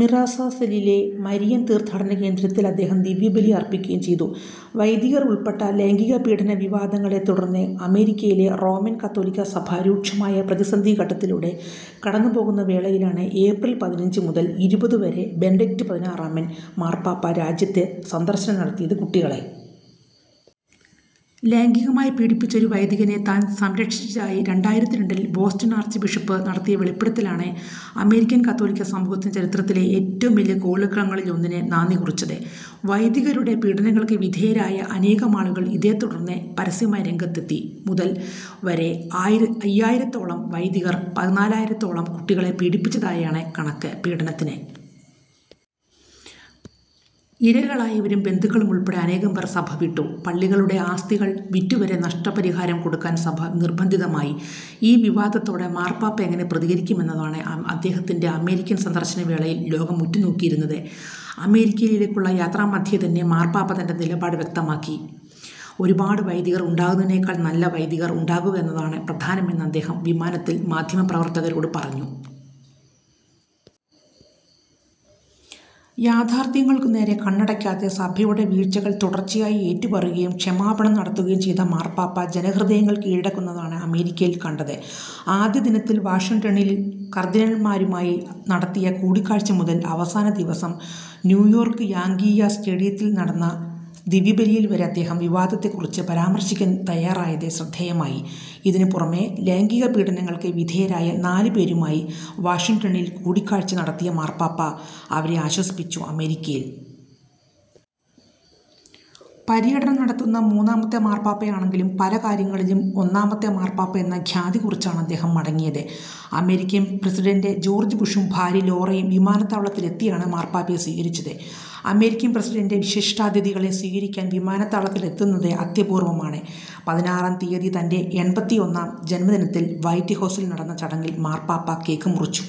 മിറാസസെലിലെ Marian തീർത്ഥാടന കേന്ദ്രത്തിൽ അദ്ദേഹം ദിവ്യബലി അർപ്പിക്കുകയും ചെയ്തു. വൈദികർ ഉൾപ്പെട്ട ലൈംഗിക പീഡന വിവാദങ്ങളെ തുടർന്ന് അമേരിക്കയിലെ റോമൻ കത്തോലിക്കാ സഭ രൂക്ഷമായ പ്രതിസന്ധിഘട്ടത്തിലൂടെ കടന്നുപോകുന്ന വേളയിലാണ് ഏപ്രിൽ പതിനഞ്ച് മുതൽ ഇരുപത് വരെ ബെനഡിക്ട് പതിനാറാമൻ മാർപ്പാപ്പ രാജ്യത്ത് സന്ദർശനം നടത്തിയത്. കുട്ടികളെ ലൈംഗികമായി പീഡിപ്പിച്ച ഒരു വൈദികനെ താൻ സംരക്ഷിച്ചതായി രണ്ടായിരത്തി രണ്ടിൽ ബോസ്റ്റൺ ആർച്ച് ബിഷപ്പ് നടത്തിയ വെളിപ്പെടുത്തലാണ് അമേരിക്കൻ കത്തോലിക്കാ സമൂഹത്തിൻ്റെ ചരിത്രത്തിലെ ഏറ്റവും വലിയ കോളിളക്കങ്ങളിലൊന്നിന് നാന്ദി കുറിച്ചത്. വൈദികരുടെ പീഡനങ്ങൾക്ക് വിധേയരായ അനേകമാളുകൾ ഇതേ തുടർന്ന് പരസ്യമായി രംഗത്തെത്തി. മുതൽ വരെ അയ്യായിരത്തോളം വൈദികർ പതിനാലായിരത്തോളം കുട്ടികളെ പീഡിപ്പിച്ചതായാണ് കണക്ക്. പീഡനത്തിന് ഇരകളായവരും ബന്ധുക്കളും ഉൾപ്പെടെ അനേകം പേർ സഭ വിട്ടു. പള്ളികളുടെ ആസ്തികൾ വിറ്റുവരെ നഷ്ടപരിഹാരം കൊടുക്കാൻ സഭ നിർബന്ധിതമായി. ഈ വിവാദത്തോട് മാർപ്പാപ്പ എങ്ങനെ പ്രതികരിക്കും എന്നതാണ് അദ്ദേഹത്തിൻ്റെ അമേരിക്കൻ സന്ദർശന വേളയിൽ ലോകം ഉറ്റുനോക്കിയിരുന്നത്. അമേരിക്കയിലേക്കുള്ള യാത്രാമധ്യേതന്നെ മാർപ്പാപ്പ തൻ്റെ നിലപാട് വ്യക്തമാക്കി. ഒരുപാട് വൈദികർ ഉണ്ടാകുന്നതിനേക്കാൾ നല്ല വൈദികർ ഉണ്ടാകുക എന്നതാണ് പ്രധാനമെന്ന് അദ്ദേഹം വിമാനത്തിൽ മാധ്യമപ്രവർത്തകരോടു പറഞ്ഞു. യാഥാർഥ്യങ്ങൾക്കു നേരെ കണ്ണടയ്ക്കാതെ സഭയുടെ വീഴ്ചകൾ തുടർച്ചയായി ഏറ്റുപറയുകയും ക്ഷമാപണം നടത്തുകയും ചെയ്ത മാർപ്പാപ്പ ജനഹൃദയങ്ങൾ കീഴടക്കുന്നതാണ് അമേരിക്കയിൽ കണ്ടത്. ആദ്യദിനത്തിൽ വാഷിങ്ടണിൽ കർദ്ദിനാൾമാരുമായി നടത്തിയ കൂടിക്കാഴ്ച മുതൽ അവസാന ദിവസം ന്യൂയോർക്ക് യാങ്കി സ്റ്റേഡിയത്തിൽ നടന്ന ദിവ്യബലിയിൽവരെ അദ്ദേഹം വിവാദത്തെക്കുറിച്ച് പരാമർശിക്കാൻ തയ്യാറായത് ശ്രദ്ധേയമായി. ഇതിനു പുറമെ ലൈംഗിക പീഡനങ്ങൾക്ക് വിധേയരായ നാലുപേരുമായി വാഷിങ്ടണിൽ കൂടിക്കാഴ്ച നടത്തിയ മാർപ്പാപ്പ അവരെ ആശ്വസിപ്പിച്ചു. അമേരിക്കയിൽ പര്യടനം നടത്തുന്ന മൂന്നാമത്തെ മാർപ്പാപ്പയാണെങ്കിലും പല കാര്യങ്ങളിലും ഒന്നാമത്തെ മാർപ്പാപ്പ എന്ന ഖ്യാതി കുറിച്ചാണ് അദ്ദേഹം മടങ്ങിയത്. അമേരിക്കൻ പ്രസിഡന്റ് ജോർജ് ബുഷും ഭാര്യ ലോറയും വിമാനത്താവളത്തിലെത്തിയാണ് മാർപ്പാപ്പയെ സ്വീകരിച്ചത്. അമേരിക്കൻ പ്രസിഡന്റ് വിശിഷ്ടാതിഥികളെ സ്വീകരിക്കാൻ വിമാനത്താവളത്തിലെത്തുന്നത് അത്യപൂർവമാണ്. പതിനാറാം തീയതി തൻ്റെ എൺപത്തിയൊന്നാം ജന്മദിനത്തിൽ വൈറ്റ് ഹൗസിൽ നടന്ന ചടങ്ങിൽ മാർപ്പാപ്പ കേക്ക് മുറിച്ചു.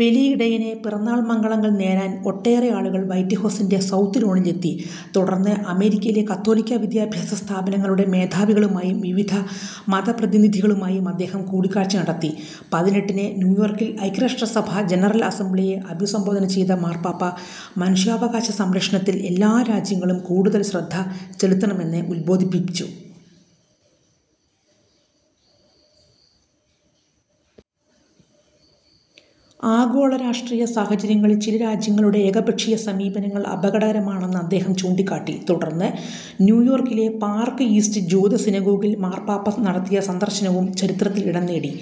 വലിയ ഇടയന് പിറന്നാൾ മംഗളങ്ങൾ നേരാൻ ഒട്ടേറെ ആളുകൾ വൈറ്റ് ഹൗസിൻ്റെ സൗത്ത് ലോണിൽ എത്തി. തുടർന്ന് അമേരിക്കയിലെ കത്തോലിക്കാ വിദ്യാഭ്യാസ സ്ഥാപനങ്ങളുടെ മേധാവികളുമായും വിവിധ മതപ്രതിനിധികളുമായും അദ്ദേഹം കൂടിക്കാഴ്ച നടത്തി. പതിനെട്ടിന് ന്യൂയോർക്കിൽ ഐക്യരാഷ്ട്രസഭാ ജനറൽ അസംബ്ലിയെ അഭിസംബോധന ചെയ്ത മാർപ്പാപ്പ മനുഷ്യാവകാശ സംരക്ഷണത്തിൽ എല്ലാ രാജ്യങ്ങളും കൂടുതൽ ശ്രദ്ധ ചെലുത്തണമെന്ന് ഉദ്ബോധിപ്പിച്ചു. ആഗോള രാഷ്ട്രീയ സാഹചര്യങ്ങളിൽ ചില രാജ്യങ്ങളുടെ ഏകപക്ഷീയ സമീപനങ്ങൾ അപകടകരമാണെന്ന് അദ്ദേഹം ചൂണ്ടിക്കാട്ടി. തുടർന്ന് ന്യൂയോർക്കിലെ പാർക്ക് ഈസ്റ്റ് ജൂത സിനഗോഗിൽ മാർപ്പാപ്പ നടത്തിയ സന്ദർശനവും ചരിത്രത്തിൽ ഇടം നേടി.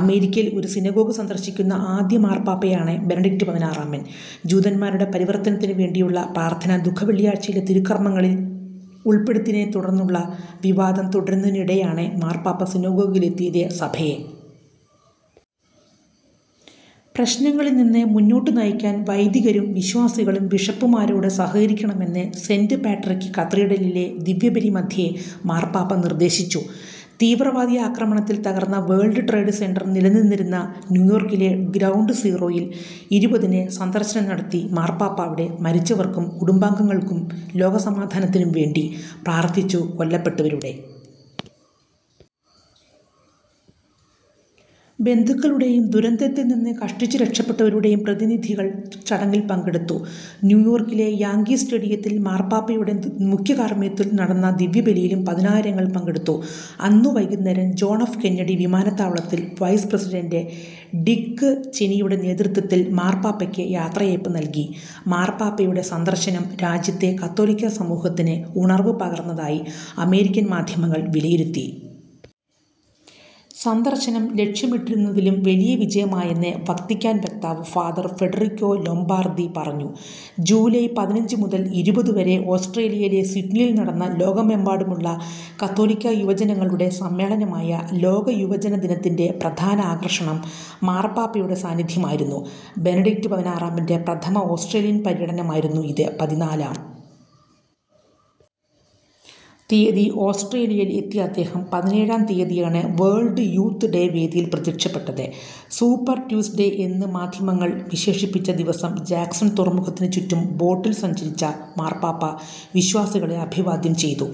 അമേരിക്കയിൽ ഒരു സിനഗോഗ് സന്ദർശിക്കുന്ന ആദ്യ മാർപ്പാപ്പയാണ് ബെനഡിക്ട് പതിനാറാമൻ. ജൂതന്മാരുടെ പരിവർത്തനത്തിനുവേണ്ടിയുള്ള പ്രാർഥന ദുഃഖവെള്ളിയാഴ്ചയിലെ തിരുക്കർമങ്ങളിൽ ഉൾപ്പെടുത്തിയതിനെ തുടർന്നുള്ള വിവാദം തുടരുന്നതിനിടെയാണ് മാർപ്പാപ്പ സിനഗോഗിലെത്തിയത്. സഭയെ പ്രശ്നങ്ങളിൽനിന്ന് മുന്നോട്ടു നയിക്കാൻ വൈദികരും വിശ്വാസികളും ബിഷപ്പുമാരോട് സഹകരിക്കണമെന്ന് സെന്റ് പാട്രിക് കത്തീഡ്രലിലെ ദിവ്യബലിമധ്യേ മാർപ്പാപ്പ നിർദ്ദേശിച്ചു. തീവ്രവാദി ആക്രമണത്തിൽ തകർന്ന വേൾഡ് ട്രേഡ് സെന്റർ നിലനിന്നിരുന്ന ന്യൂയോർക്കിലെ ഗ്രൗണ്ട് സീറോയിൽ ഇരുപതിന് സന്ദർശനം നടത്തിയ മാർപ്പാപ്പ അവിടെ മരിച്ചവർക്കും കുടുംബാംഗങ്ങൾക്കും ലോകസമാധാനത്തിനും വേണ്ടി പ്രാർഥിച്ചു. കൊല്ലപ്പെട്ടവരുടെ ബന്ധുക്കളുടെയും ദുരന്തത്തിൽനിന്ന് കഷ്ടിച്ച് രക്ഷപ്പെട്ടവരുടെയും പ്രതിനിധികൾ ചടങ്ങിൽ പങ്കെടുത്തു. ന്യൂയോർക്കിലെ യാങ്കി സ്റ്റേഡിയത്തിൽ മാർപ്പാപ്പയുടെ മുഖ്യകാർമികത്വത്തിൽ നടന്ന ദിവ്യബലിയിലും പതിനായിരങ്ങൾ പങ്കെടുത്തു. അന്നു വൈകുന്നേരം ജോൺ എഫ് കെന്നഡി വിമാനത്താവളത്തിൽ വൈസ് പ്രസിഡന്റ് ഡിക് ചെനിയുടെ നേതൃത്വത്തിൽ മാർപ്പാപ്പയ്ക്ക് യാത്രയയപ്പ് നൽകി. മാർപ്പാപ്പയുടെ സന്ദർശനം രാജ്യത്തെ കത്തോലിക്കാ സമൂഹത്തിന് ഉണർവ് പകർന്നതായി അമേരിക്കൻ മാധ്യമങ്ങൾ വിലയിരുത്തി. സന്ദർശനം ലക്ഷ്യമിട്ടിരുന്നതിലും വലിയ വിജയമായെന്ന് വത്തിക്കാൻ വക്താവ് ഫാ. ഫെഡറിക്കോ ലൊംബാർദി പറഞ്ഞു. ജൂലൈ പതിനഞ്ച് മുതൽ ഇരുപത് വരെ ഓസ്ട്രേലിയയിലെ സിഡ്നിയിൽ നടന്ന ലോകമെമ്പാടുമുള്ള കത്തോലിക്കാ യുവജനങ്ങളുടെ സമ്മേളനമായ ലോക യുവജനദിനത്തിൻ്റെ പ്രധാന ആകർഷണം മാർപ്പാപ്പയുടെ സാന്നിധ്യമായിരുന്നു. ബെനഡിക്ട് പതിനാറാമൻ്റെ പ്രഥമ ഓസ്ട്രേലിയൻ പര്യടനമായിരുന്നു ഇത്. പതിനാലാം തീയതി ഓസ്ട്രേലിയയിൽ എത്തിയ അദ്ദേഹം പതിനേഴാം തീയതിയാണ് വേൾഡ് യൂത്ത് ഡേ വേദിയിൽ പ്രത്യക്ഷപ്പെട്ടത്. സൂപ്പർ ട്യൂസ്ഡേ എന്ന് മാധ്യമങ്ങൾ വിശേഷിപ്പിച്ച ദിവസം ജാക്സൺ തുറമുഖത്തിനു ചുറ്റും ബോട്ടിൽ സഞ്ചരിച്ച മാർപ്പാപ്പ വിശ്വാസികളെ അഭിവാദ്യം ചെയ്തു.